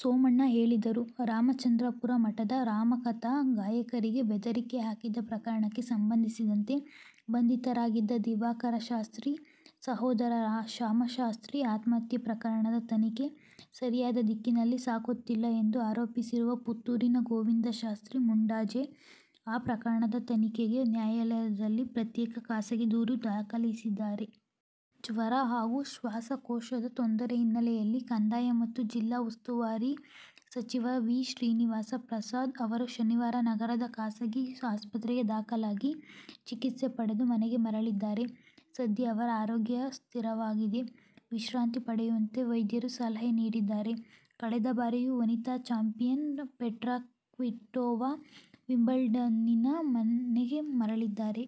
ಸೋಮಣ್ಣ ಹೇಳಿದರು. ರಾಮಚಂದ್ರಾಪುರ ಮಠದ ರಾಮಕಥಾ ಗಾಯಕರಿಗೆ ಬೆದರಿಕೆ ಹಾಕಿದ ಪ್ರಕರಣಕ್ಕೆ ಸಂಬಂಧಿಸಿದಂತೆ ಬಂಧಿತರಾಗಿದ್ದ ದಿವಾಕರಶಾಸ್ತ್ರಿ ಸಹೋದರ ಶಾಮಶಾಸ್ತ್ರಿ ಆತ್ಮಹತ್ಯೆ ಪ್ರಕರಣದ ತನಿಖೆ ಸರಿಯಾದ ದಿಕ್ಕಿನಲ್ಲಿ ಸಾಗುತ್ತಿಲ್ಲ ಎಂದು ಆರೋಪಿಸಿರುವ ಪುತ್ತೂರಿನ ಗೋವಿಂದಶಾಸ್ತ್ರಿ ಮುಂಡಾಜೆ, ಆ ಪ್ರಕರಣದ ತನಿಖೆಗೆ ನ್ಯಾಯಾಲಯದಲ್ಲಿ ಪ್ರತ್ಯೇಕ ಖಾಸಗಿ ದೂರು ದಾಖಲಿಸಿದ್ದಾರೆ. ಜ್ವರ ಹಾಗೂ ಶ್ವಾಸಕೋಶದ ತೊಂದರೆ ಹಿನ್ನೆಲೆಯಲ್ಲಿ ಕಂದಾಯ ಮತ್ತು ಜಿಲ್ಲಾ ಉಸ್ತುವಾರಿ ಸಚಿವ ವಿ. ಶ್ರೀನಿವಾಸ ಪ್ರಸಾದ್ ಅವರು ಶನಿವಾರ ನಗರದ ಖಾಸಗಿ ಆಸ್ಪತ್ರೆಗೆ ದಾಖಲಾಗಿ, ಚಿಕಿತ್ಸೆ ಪಡೆದು ಮನೆಗೆ ಮರಳಿದ್ದಾರೆ. ಸದ್ಯ ಅವರ ಆರೋಗ್ಯ ಸ್ಥಿರವಾಗಿದೆ. ವಿಶ್ರಾಂತಿ ಪಡೆಯುವಂತೆ ವೈದ್ಯರು ಸಲಹೆ ನೀಡಿದ್ದಾರೆ. ಕಳೆದ ಬಾರಿಯ ವನಿತಾ ಚಾಂಪಿಯನ್ ಪೆಟ್ರಾ ಕ್ವಿಟೋವಾ ವಿಂಬಲ್ಡನ್ನಿಂದ ಮನೆಗೆ ಮರಳಿದ್ದಾರೆ.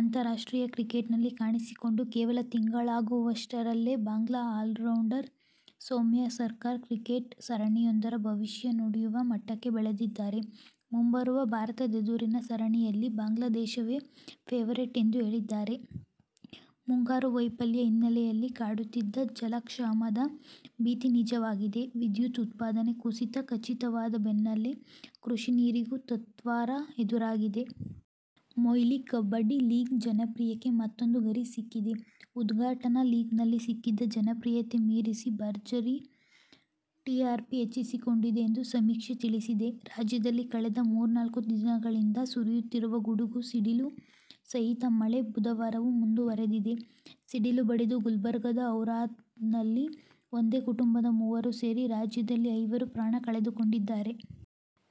ಅಂತಾರಾಷ್ಟ್ರೀಯ ಕ್ರಿಕೆಟ್ನಲ್ಲಿ ಕಾಣಿಸಿಕೊಂಡು ಕೇವಲ ತಿಂಗಳಾಗುವಷ್ಟರಲ್ಲೇ ಬಾಂಗ್ಲಾ ಆಲ್ರೌಂಡರ್ ಸೌಮ್ಯ ಸರ್ಕಾರ್ ಕ್ರಿಕೆಟ್ ಸರಣಿಯೊಂದರ ಭವಿಷ್ಯ ನುಡಿಯುವ ಮಟ್ಟಕ್ಕೆ ಬೆಳೆದಿದ್ದಾರೆ. ಮುಂಬರುವ ಭಾರತದೆದುರಿನ ಸರಣಿಯಲ್ಲಿ ಬಾಂಗ್ಲಾದೇಶವೇ ಫೇವರಿಟ್ ಎಂದು ಹೇಳಿದ್ದಾರೆ. ಮುಂಗಾರು ವೈಫಲ್ಯ ಹಿನ್ನೆಲೆಯಲ್ಲಿ ಕಾಡುತ್ತಿದ್ದ ಜಲಕ್ಷಾಮದ ಭೀತಿ ನಿಜವಾಗಿದೆ. ವಿದ್ಯುತ್ ಉತ್ಪಾದನೆ ಕುಸಿತ ಖಚಿತವಾದ ಬೆನ್ನಲ್ಲೇ ಕೃಷಿ ನೀರಿಗೂ ತತ್ವಾರ ಎದುರಾಗಿದೆ. ಮೊಯ್ಲಿ ಕಬಡ್ಡಿ ಲೀಗ್ ಜನಪ್ರಿಯಕ್ಕೆ ಮತ್ತೂಂದು ಗರಿ ಸಿಕ್ಕಿದೆ. ಉದ್ಘಾಟನಾ ಲೀಗ್ನಲ್ಲಿ ಸಿಕ್ಕಿದ್ದ ಜನಪ್ರಿಯತೆ ಮೀರಿಸಿ ಭರ್ಜರಿ ಟಿಆರ್ಪಿ ಹೆಚ್ಚಿಸಿಕೊಂಡಿದೆ ಎಂದು ಸಮೀಕ್ಷೆ ತಿಳಿಸಿದೆ. ರಾಜ್ಯದಲ್ಲಿ ಕಳೆದ ಮೂರ್ನಾಲ್ಕು ದಿನಗಳಿಂದ ಸುರಿಯುತ್ತಿರುವ ಗುಡುಗು ಸಿಡಿಲು ಸಹಿತ ಮಳೆ ಬುಧವಾರವೂ ಮುಂದುವರೆದಿದೆ. ಸಿಡಿಲು ಬಡಿದು ಗುಲ್ಬರ್ಗದ ಔರಾದ್ನಲ್ಲಿ ಒಂದೇ ಕುಟುಂಬದ ಮೂವರು ಸೇರಿ ರಾಜ್ಯದಲ್ಲಿ ಐವರು ಪ್ರಾಣ ಕಳೆದುಕೊಂಡಿದ್ದಾರೆ.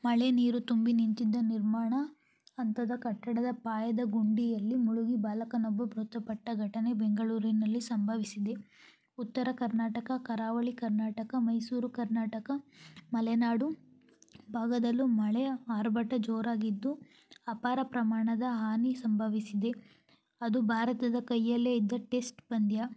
ಮಳೆ ನೀರು ತುಂಬಿ ನಿಂತಿದ್ದ ನಿರ್ಮಾಣ ಹಂತದ ಕಟ್ಟಡದ ಪಾಯದ ಗುಂಡಿಯಲ್ಲಿ ಮುಳುಗಿ ಬಾಲಕನೊಬ್ಬ ಮೃತಪಟ್ಟ ಘಟನೆ ಬೆಂಗಳೂರಿನಲ್ಲಿ ಸಂಭವಿಸಿದೆ. ಉತ್ತರ ಕರ್ನಾಟಕ, ಕರಾವಳಿ ಕರ್ನಾಟಕ, ಮೈಸೂರು ಕರ್ನಾಟಕ, ಮಲೆನಾಡು ಭಾಗದಲ್ಲೂ ಮಳೆ ಆರ್ಭಟ ಜೋರಾಗಿದ್ದು ಅಪಾರ ಪ್ರಮಾಣದ ಹಾನಿ ಸಂಭವಿಸಿದೆ. ಅದು ಭಾರತದ ಕೈಯಲ್ಲೇ ಇದ್ದ ಟೆಸ್ಟ್ ಪಂದ್ಯ.